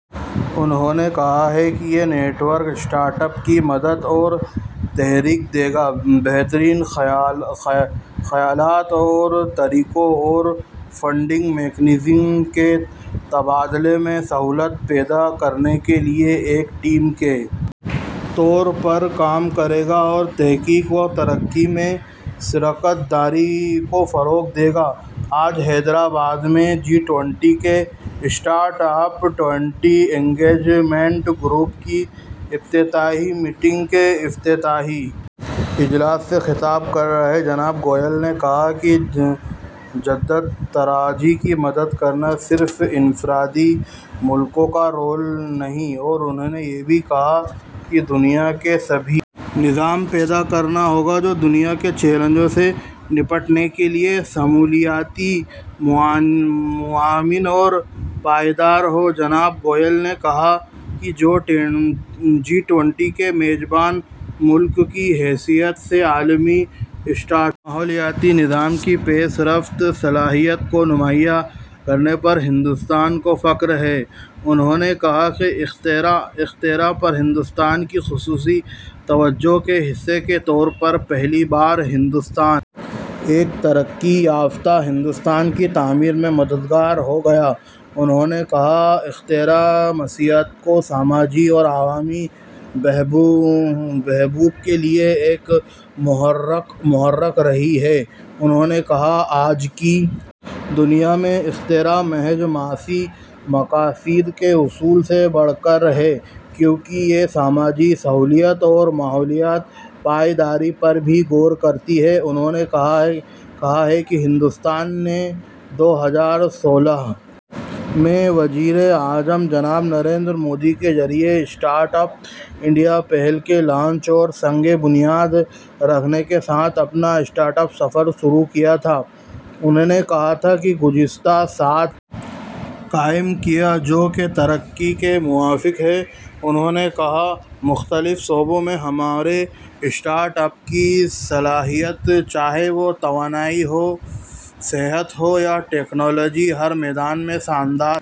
انھوں نے کہا کہ یہ نیٹ ورک اسٹارٹ اپ کی مدد اور تحریک دے گا بہترین خیالات طور طریقوں اور فنڈنگ میکانزم کے تبادلے میں سہولت پیدا کرنے کے لیے ایک ٹیم کے طور پر کام کرے گا اور تحقیق و ترقی میں شراکت داری کو فروغ دے گا وہ آج حیدرآباد میں جی ٹوئنٹی کے startup twenty engagement group کی ابتدائی میٹنگ کے افتتاحی اجلاس سے خطاب کر رہے تھے جناب گوئل نے کہا کہ جدت طرازی کی مدد کرنا صرف انفرادی ملکوں کا رول نہیں ہے اور انہوں نے یہ بھی کہا کہ دنیا کے سبھی نظام پیدا کرنا ہوگا جو دنیا کے چیلنجوں سے نمٹنے کے لیے شمولیاتی معاون اور پائیدار ہو جناب گوئل نے کہا کہ جی ٹوئنٹی کے میزبان ملک کی حیثیت سے عالمی اسٹارٹ اپ ماحولیاتی نظام کی پیش رفت اور صلاحیت کو نمایاں کرنے پر ہندوستان کو فخر ہے انہوں نے کہا کہ اختراع پر ہندوستان کی خصوصی توجہ کے حصے کے طور پر پہلی بار ہندوستان ایک ترقی یافتہ ہندوستان کی تعمیر میں مددگار ہو گا انہوں نے کہا کہ اختراع معیشت اور سماجی اور عوامی بہبود کے لیے ایک محرک رہی ہے انہوں نے کہا کہ آج کی دنیا میں اختراع محض معاشی مقاصد کے حصول سے بڑھ کر ہے کیونکہ یہ سماجی شمولیت اور ماحولیاتی پائیداری پر بھی غور کرتی ہے انہوں نے کہا کہ ہندوستان نے دو ہزار سولہ میں وزیر اعظم جناب نریندر مودی کے ذریعہ اسٹارٹ اپ انڈیا پہل کے لانچ اور سنگ بنیاد رکھنے کے ساتھ اپنا اسٹارٹ اپ سفر شروع کیا تھا انہوں نے کہا کہ گزشتہ سات قائم کیا ہے جو کہ ترقی کے موافق ہے انہوں نے کہا کہ مختلف شعبوں میں ہمارے اسٹارٹ اپ کی صلاحیت چاہے وہ توانائی ہو صحت ہو یا ٹیکنالوجی ہر میدان میں شاندار ہے